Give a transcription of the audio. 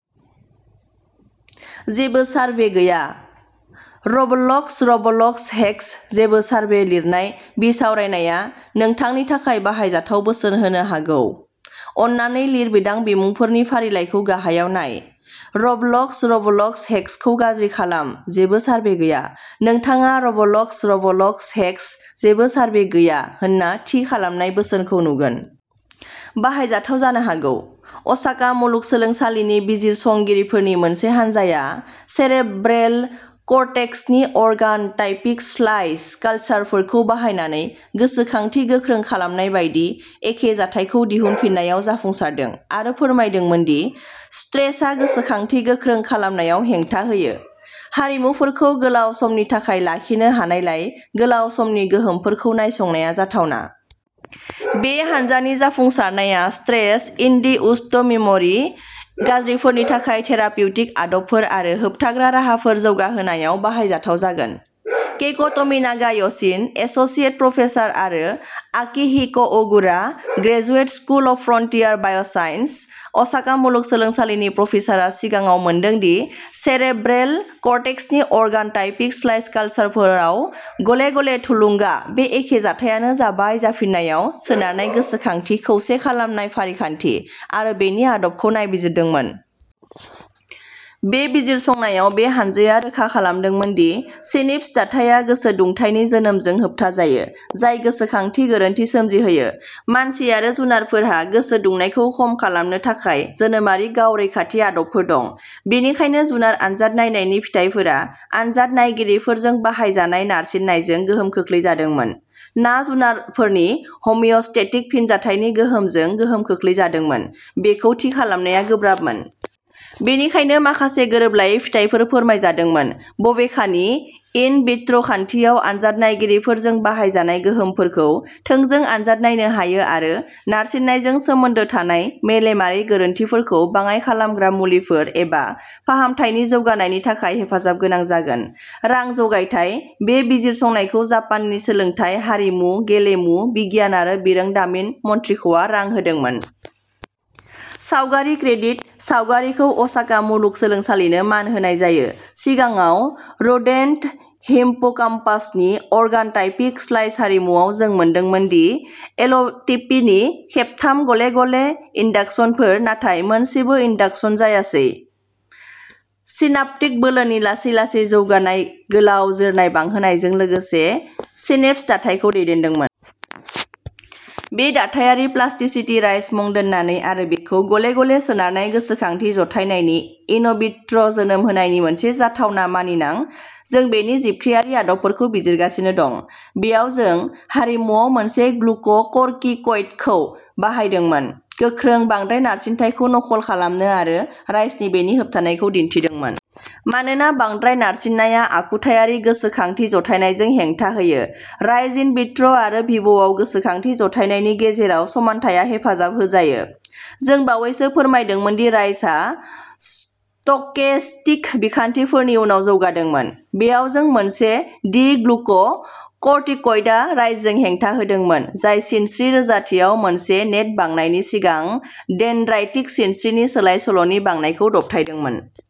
जेबो सारभे गैया। रबलक्स रबलक्स हेक्स जेबो सारभे लिरनाय बिसावरायनाया नोंथांनि थाखाय बाहायजाथाव बोसोन होनो हागौ। अन्नानै लिरबिदां बिमुंफोरनि फारिलाइखौ गाहायाव नाय, रबलक्स रबलक्स हेक्सखौ गाज्रि खालाम जेबो सारभे गैया। नोंथाङा रबलक्स रबलक्स हेक्स जेबो सारभे गैया होन्ना थि खालामनाय बोसोनखौ नुगोन। बाहायजाथाव जानो हागौ। असाका मुलुगसोलोंसालिनि बिजिरसंगिरिफोरनि मोनसे हानजाया सेरेब्रेल कर्टेक्सनि अर्गान' टाइपिक स्लाइस कालसारफोरखौ बाहायनानै गोसोखांथि गोख्रों खालामनाय बायदि एखे जाथायखौ दिहुनफिननायाव जाफुंसारदों आरो फोरमायदोंमोन दि स्ट्रेसआ गोसोखांथि गोख्रों खालामनायाव हेंथा होयो। हारिमुफोरखौ गोलाव समनि थाखाय लाखिनो हानायलाय, गोलाव समनि गोहोमफोरखौ नायसंनाया जाथावना। बे हान्जानि जाफुंसारनाया स्ट्रेस इनडिउस्ड मेम'रि गाज्रिफोरनि थाखाय थेरापिउटिक आदबफोर आरो होबथाग्रा राहाफोर जौगाहोनायाव बाहायजाथाव जागोन। केइक'ट'मिनागा य'शिन', एस'सिएट प्रफेसार आरो Akihiko Ogura, graduate school of frontier biosciences, Osaka मुलुगसोलोंसालिनि प्रफेसारआ सिगाङाव मोनदों दि सेरेब्रेल कर्टेक्सनि अर्गान'टाइपिक स्लाइस कालसारफोराव गले गले थुलुंग बे एखे जाथायानो जाबाय जाफिननायाव सोनारनाय गोसोखांथि खौसे खालामनाय फारिखान्थि आरो बेनि आदबखौ नायबिजिरदोंमोन। बे बिजिरसंनायाव बे हान्जाया रोखा खालामदोंमोन दि सिनैप्स दाथाया गोसो दुंथायनि जोनोमजों होबथाजायो, जाय गोसोखांथि गोरोन्थि सोमजिहोयो। मानसि आरो जुनारफोरहा गोसो दुंनायखौ खम खालामनो थाखाय जोनोमारि गाव रैखाथि आदबफोर दं। बेनिखायनो जुनार आनजाद नायनायनि फिथाइफोरा आनजाद नायगिरिफोरजों बाहायजानाय नारसिननायजों गोहोम खोख्लैजादोंमोन ना जुनारफोरनि हमिअस्टेटिक फिनजाथायनि गोहोमजों गोहोम खोख्लैजादोंमोन बेखौ थि खालामनाया गोब्राबमोन। बेनिखायनो, माखासे गोरोबलायै फिथायफोर फोरमायजादोंमोन। बबेखानि, इन विट्रो खान्थियाव, आनजाद नायगिरिफोरजों बाहायजानाय गोहोमफोरखौ थोंजों आनजाद नायनो हायो आरो नारसिननायजों सोमोन्दो थानाय मेलेमारि गोरोन्थिफोरखौ बाङाइ खालामग्रा मुलिफोर एबा फाहामथायफोरनि जौगानायनि थाखाय हेफाजाबगोनां जागोन। रां जगायथाय बे बिजिरसंनायखौ जापाननि सोलोंथाय, हारिमु, गेलेमु, बिगियान आरो बिरोंदामिन मन्थ्रिख'आ रां होदोंमोन। सावगारि क्रेदिट, सावगारिखौ असाका मुलुगसोलोंसालिनो मान होनाय जायो। सिगाङाव, रोदेन्ट हिप्पोकाम्पासनि अर्गान'टाइपिक स्लाइस हारिमुआव जों मोनदोंमोन दि एलटिपिनि खेबथाम गले गले इन्डाकसनफोर, नाथाय मोनसेबो इन्डाकसन जायासै, सिनाप्टिक बोलोनि लासै लासै जौगानाय गोलाव जोरनाय बांहोनायजों लोगोसे सिनेप्स दाथायखौ दैदेनदोंमोन। बे दाथायारि प्लास्टिसिटि राइज मुं दोननानै आरो बेखौ गले गले सोनारनाय गोसोखांथि जथायनायनि इनविट्र' जोनोम होनायनि मोनसे जाथावना मानिना, जों बेनि जिबख्रिआरि आदबफोरखौ बिजिरगासिनो दं। बेयाव, जों हारिमुआव मोनसे ग्लुक' कर्टिकइडखौ बाहायदोंमोन गोख्रों बांद्राय नारसिनथायखौ नखल खालामनो आरो राइजनि बेनि होबथानायखौ दिन्थिदोंमोन। मानोना बांद्राय नारसिननाया आखुथायारि गोसोखांथि जथायनायजों हेंथा होयो, राइज इन विट्र' आरो भिभ'आव गोसोखांथि जथायनायनि गेजेराव समानथायआ हेफाजाब होजायो। जों बावैसो फोरमायदोंमोन दि राइजआ स्टकेस्टिक बिखान्थिफोरनि उनाव जौगादोंमोन। बेयाव जों मोनदों दि ग्लुक' कर्टिकइडआ राइजजों हेंथा होदोंमोन, जाय सिनस्रि रोजाथियाव मोनसे नेट बांनायनि सिगां डेनड्राइटिक सिनस्रिनि सोलाय सोल'नि बांनायखौ दबथायदोंमोन।